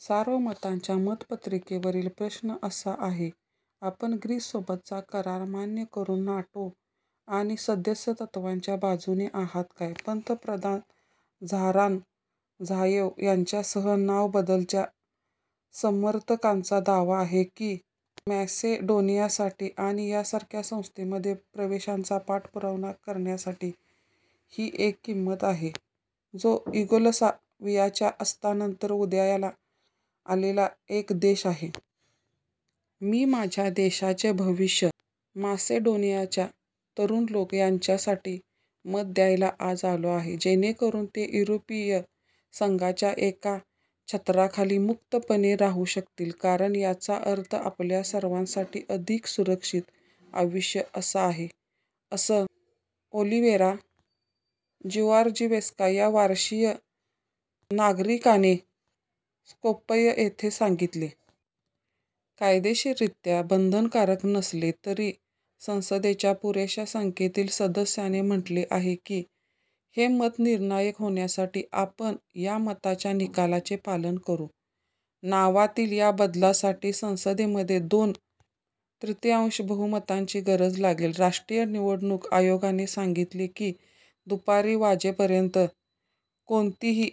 सार्वमताच्या मतपत्रिकेवरील प्रश्न असा आहे: "आपण ग्रीससोबतचा करार मान्य करुन नाटो आणि सदस्यत्वाच्या बाजूने आहात का. " पंतप्रधान झोरान झाएव यांच्यासह, नाव बदलाच्या समर्थकांचा दावा आहे की मॅसेडोनियासाठी आणि सारख्या संस्थांमध्ये प्रवेशाचा पाठपुरावा करण्यासाठी ही एक किंमत आहे, जो युगोस्लावियाच्या अस्तानंतर उदयाला आलेला एक देश आहे. मी माझ्या देशाचे भविष्य, मॅसेडोनियाचे तरुण लोक यांच्यासाठी मत द्यायला आज आलो आहे, जेणेकरुन ते युरोपिय संघाच्या एकाच छत्राखाली मुक्तपणे राहू शकतील कारण याचा अर्थ आपल्या सर्वांसाठी अधिक सुरक्षित आयुष्य असा आहे," असं ओलिवेरा जिऑर्जीवेस्का या वर्षीय नागरिकाने स्कोप्यं इथे सांगितले. कायदेशीररित्या बंधनकारक नसले तरी, संसदेच्या पुरेशा संख्येतील सदस्यांनी म्हटले आहे की हे मत निर्णायक होण्यासाठी आपण या मताच्या निकालाचे पालन करु. नावातील या बदलासाठी संसदेमध्ये दोन-तृतियांश बहुमताची गरज लागेल. राष्ट्रीय निवडणूक आयोगाने सांगितले की दुपारी वाजेपर्यंत कोणतीही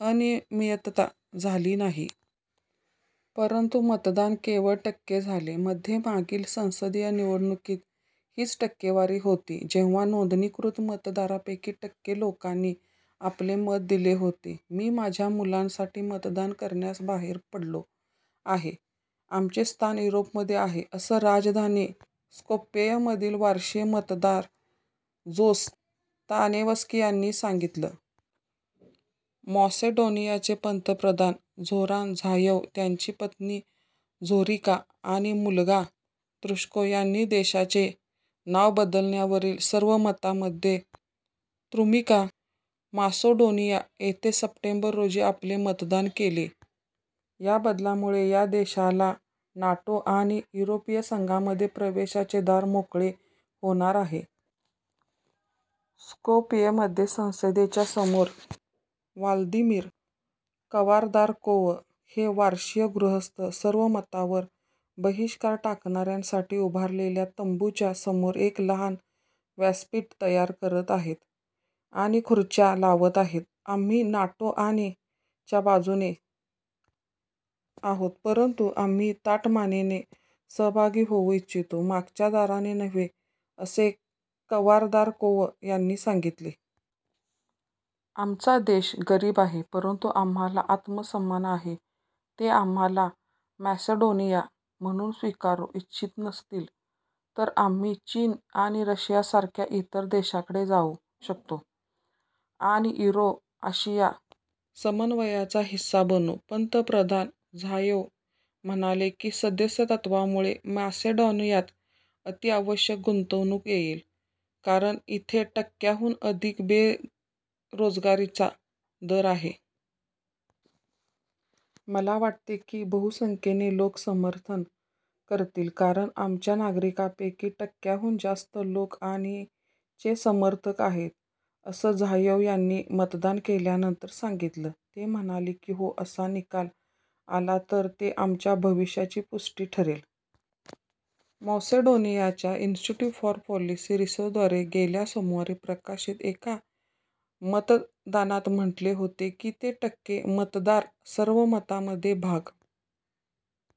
अनियमितता झाली नाही. परंतु, मतदान केवळ टक्के झाले, मध्ये मागील संसदीय निवडणुकीत हीच टक्केवारी होती जेव्हा नोंदणीकृत मतदारांपैकी टक्के लोकांनी आपले मत दिले होते. मी माझ्या मुलांसाठी मतदान करण्यास बाहेर पडलो आहे, आमचे स्थान युरोपमध्ये आहे," असं राजधानी, स्कोप्येमधील वर्षीय मतदार, जोस तानेवस्की यांनी सांगितलं. मॅसेडोनियाचे पंतप्रधान झोरान झाएव, त्यांची पत्नी झोरिका आणि मुलगा दुश्को यांनी देशाचे नाव बदलण्यावरील सार्वमतामध्ये स्त्रुमिका, मॅसेडोनिया इथे सप्टेंबर, रोजी आपले मतदान केले. या बदलामुळे या देशाला नाटो आणि युरोपिय संघामध्ये प्रवेशाचे दार मोकळे होणार आहे. स्कोप्येमध्ये संसदेच्या समोर, व्लादीमिर कवारदारकोव हे वर्षीय गृहस्थ, सार्वमतावर बहिष्कार टाकणाऱ्यांसाठी उभारलेल्या तंबूंच्या समोर एक लहान व्यासपीठ तयार करत आहेत आणि खुर्च्या लावत आहेत. आम्ही नाटो आणि च्या बाजूने आहोत, परंतु, आम्ही ताठ मानेने सहभागी होऊ इच्छितो, मागच्या दाराने नव्हे," असे कवारदारकोव यांनी सांगितले. आमचा देश गरीब आहे, परंतु आम्हाला आत्मसन्मान आहे. ते आम्हाला मॅसेडोनिया म्हणून स्विकारु इच्छित नसतील तर, आम्ही चीन आणि रशियासारख्या इतर देशांकडे जाऊ शकतो आणि युरो-आशिया समन्वयाचा हिस्सा बनू. " पंतप्रधान झाएव म्हणाले की सदस्यत्वामुळे मॅसेडोनियात अति आवश्यक गुंतवणूक येईल, कारण इथे टक्क्यांहून अधिक बेरोजगारीचा दर आहे. "मला वाटते की बहुसंख्येने लोक समर्थन करतील कारण आमच्या नागरिकांपैकी टक्क्यांहून जास्त लोक आणि चे समर्थक आहेत," असं झाएव यांनी मतदान केल्यानंतर सांगितलं. ते म्हणाले की "हो" असा निकाल आला तर ते "आमच्या भविष्याची पुष्टि" ठरेल. मॅसेडोनियाच्या इन्स्टिट्युट फॉर पॉलिसी रिसर्चद्वारे गेल्या सोमवारी प्रकाशित एका मतदानात म्हटले होते की ते टक्के मतदार सार्वमतामध्ये भाग